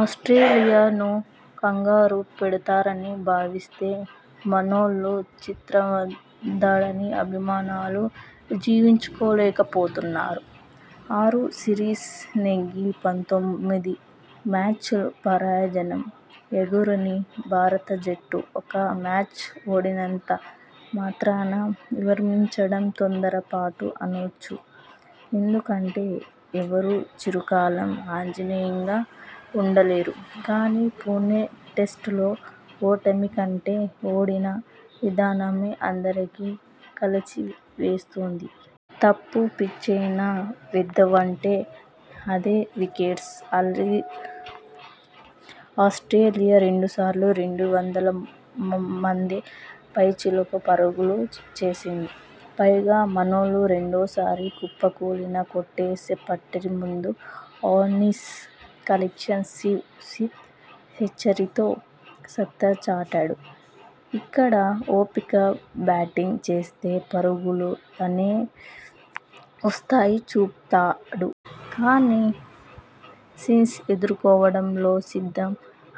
Australia ను కంగారు పెడతారని భావిస్తే మనోళ్లే చిత్తవడాన్ని అభిమానులు జీర్ణించుకోలేకపోతున్నారు.! ఆరు సిరీస్లు నెగ్గి, పంతొమ్మిది మ్యాచ్ల్లో పరాజయం ఎరుగని భారత జట్టు ఒక్క మ్యాచ్లో ఓడినంత మాత్రాన విమర్శించడం తొందర పాటే అనొచ్చు. ఎందు కంటే ఎవరూ చిరకాలం అజేయంగా ఉండలేరు. కానీ, పుణె టెస్టులో ఓటమి కంటే ఓడిన విధానమే అందరినీ కలచి వేస్తోంది.! తప్పు పిచ్పైన వేద్దామంటే అదే వికెట్పై ఆస్ట్రేలియా రెండు సార్లు రెండు వందల యాభై పైచిలుకు పరుగులు చేసింది. పైగా, మనోళ్లు రెండో సారి కుప్పకూలిన కొద్దిసేపటి ముందే ఆసీస్ కెప్టెన్ స్టీవ్ స్మిత్ సెంచరీతో సత్తా చాటాడు. ఇక్కడ ఓపిగ్గా బ్యాటింగ్ చేస్తే పరుగులు అవే వస్తాయని చూపాడు. కానీ, స్పిన్ను ఎదుర్కోవడంలో సిద్ధ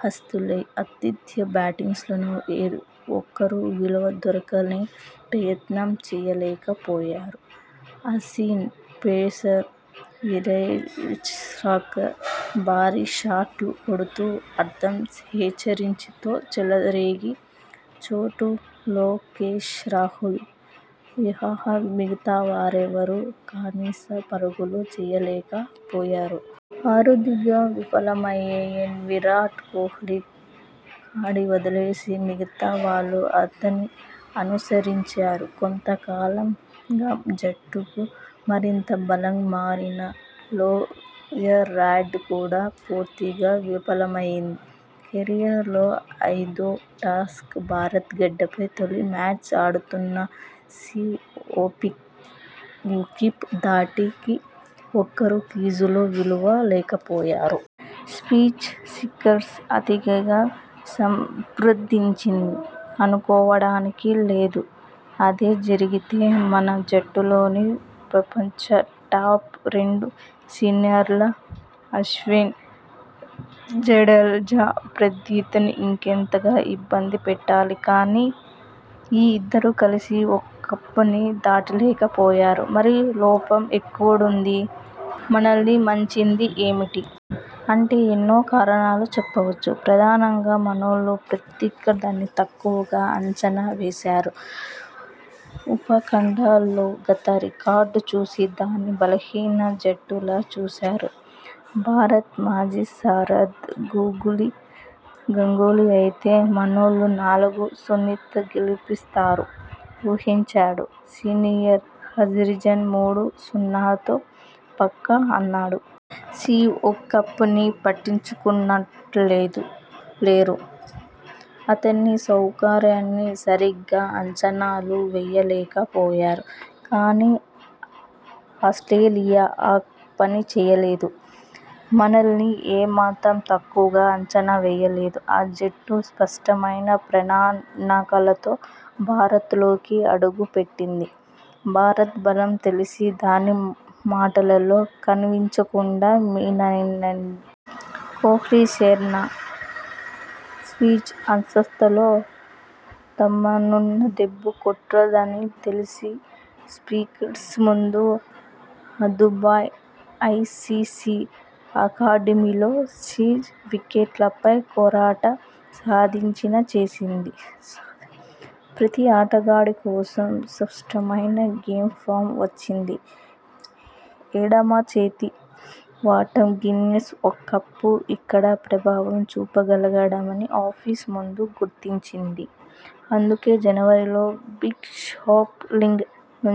హస్తులైన ఆతిథ్య బ్యాట్స్మెన్లో ఏ ఒక్కరూ నిల దొక్కుకునే ప్రయత్నం చేయలేక పోయారు. ఆసీస్ పేసర్ మిచెల్ స్టార్క్ భారీ షాట్లు కొడుతూ అర్ధ సెంచరీతో చెలరేగిన చోట లోకేశ్ రాహుల్ మినహా మిగతావారెవరూ కాసిన్ని పరుగులు చేయలేక పోయారు. అరుదుగా విఫలమయ్యే విరాట్ కోహ్లీ కాడి వదిలేస్తే మిగతా వాళ్లూ అతణ్ణి అనుసరించారు. కొంత కాలంగా జట్టుకు మరింత బలంగా మారిన లోయరార్డర్ కూడా పూర్తిగా విఫలమైంది. కెరీర్లో ఐదో టెస్టు, భారత గడ్డపై తొలి మ్యాచ్ ఆడుతున్న స్టీవ్ ఒకీఫ్ ధాటికి ఒక్కరూ క్రీజులో నిలువ లేకపోయారు. పిచ్ స్పిన్కు అతిగా స్పందించింది అనుకోవడానికీ లేదు. అదే జరిగితే మన జట్టులోని ప్రపంచ టాప్, రెండు స్పిన్నర్లు అశ్విన్, జడేజా ప్రత్యర్థిని ఇంకెంతగా ఇబ్బంది పెట్టాలి. కానీ, ఈ ఇద్దరూ కలిసి ఒకీఫ్ను దాటలేక పోయారు. మరి లోపం ఎక్కడుంది? మనల్ని ముంచింది ఏమిటి? అంటే ఎన్నో కారణాలు చెప్పొచ్చు. ప్రధానంగా, మనోళ్లు ప్రత్యర్థిని తక్కువగా అంచనా వేశారు. ఉప ఖండంలో గత రికార్డు చూసి దాన్ని బలహీన జట్టులా చూశారు. భారత మాజీ సారథి గంగూలీ అయితే మనోళ్లు నాలుగు, సున్నాతో గెలుస్తారని ఊహించాడు. స్పిన్నర్ హర్భజన్ మూడు, సున్నాతో పక్కా అన్నాడు. స్టీవ్ ఒకీఫ్ను పట్టించుకున్నట్టు లేరు. అతని సామర్థ్యాన్ని సరిగ్గా అంచనా వేయలేక పోయారు. కానీ, ఆస్ట్రేలియా ఆ పని చేయలేదు. మనల్ని ఏ మాత్రం తక్కువగా అంచనా వేయలేదు. ఆ జట్టు స్పష్టమైన ప్రణాళికతో భారతలోకి అడుగు పెట్టింది. భారత బలం తెలిసి దాన్ని మాటలతో కవ్వించకుండా మిన్నకుంది. కోహ్లీసేన స్పిన్ అస్త్రంతో తమను దెబ్బ కొడుతుందని తెలిసి సిరీస్కు ముందు దుబాయ్లో ఐసీసీ అకాడమీలో స్పిన్ వికెట్లపై కఠోర సాధన చేసింది. ప్రతీ ఆటగాడి కోసం స్పష్టమైన గ్లేమ్ ప్లామ్తో వచ్చింది. ఎడమ చేతి వాటం స్పిన్నర్ ఒకీఫ్ ఇక్కడ ప్రభావం చూపగలడని ఆసీస్ ముందే గుర్తించింది. అందుకే, జనవరిలో బిగ్ బాష్ లీగ్ నుంచి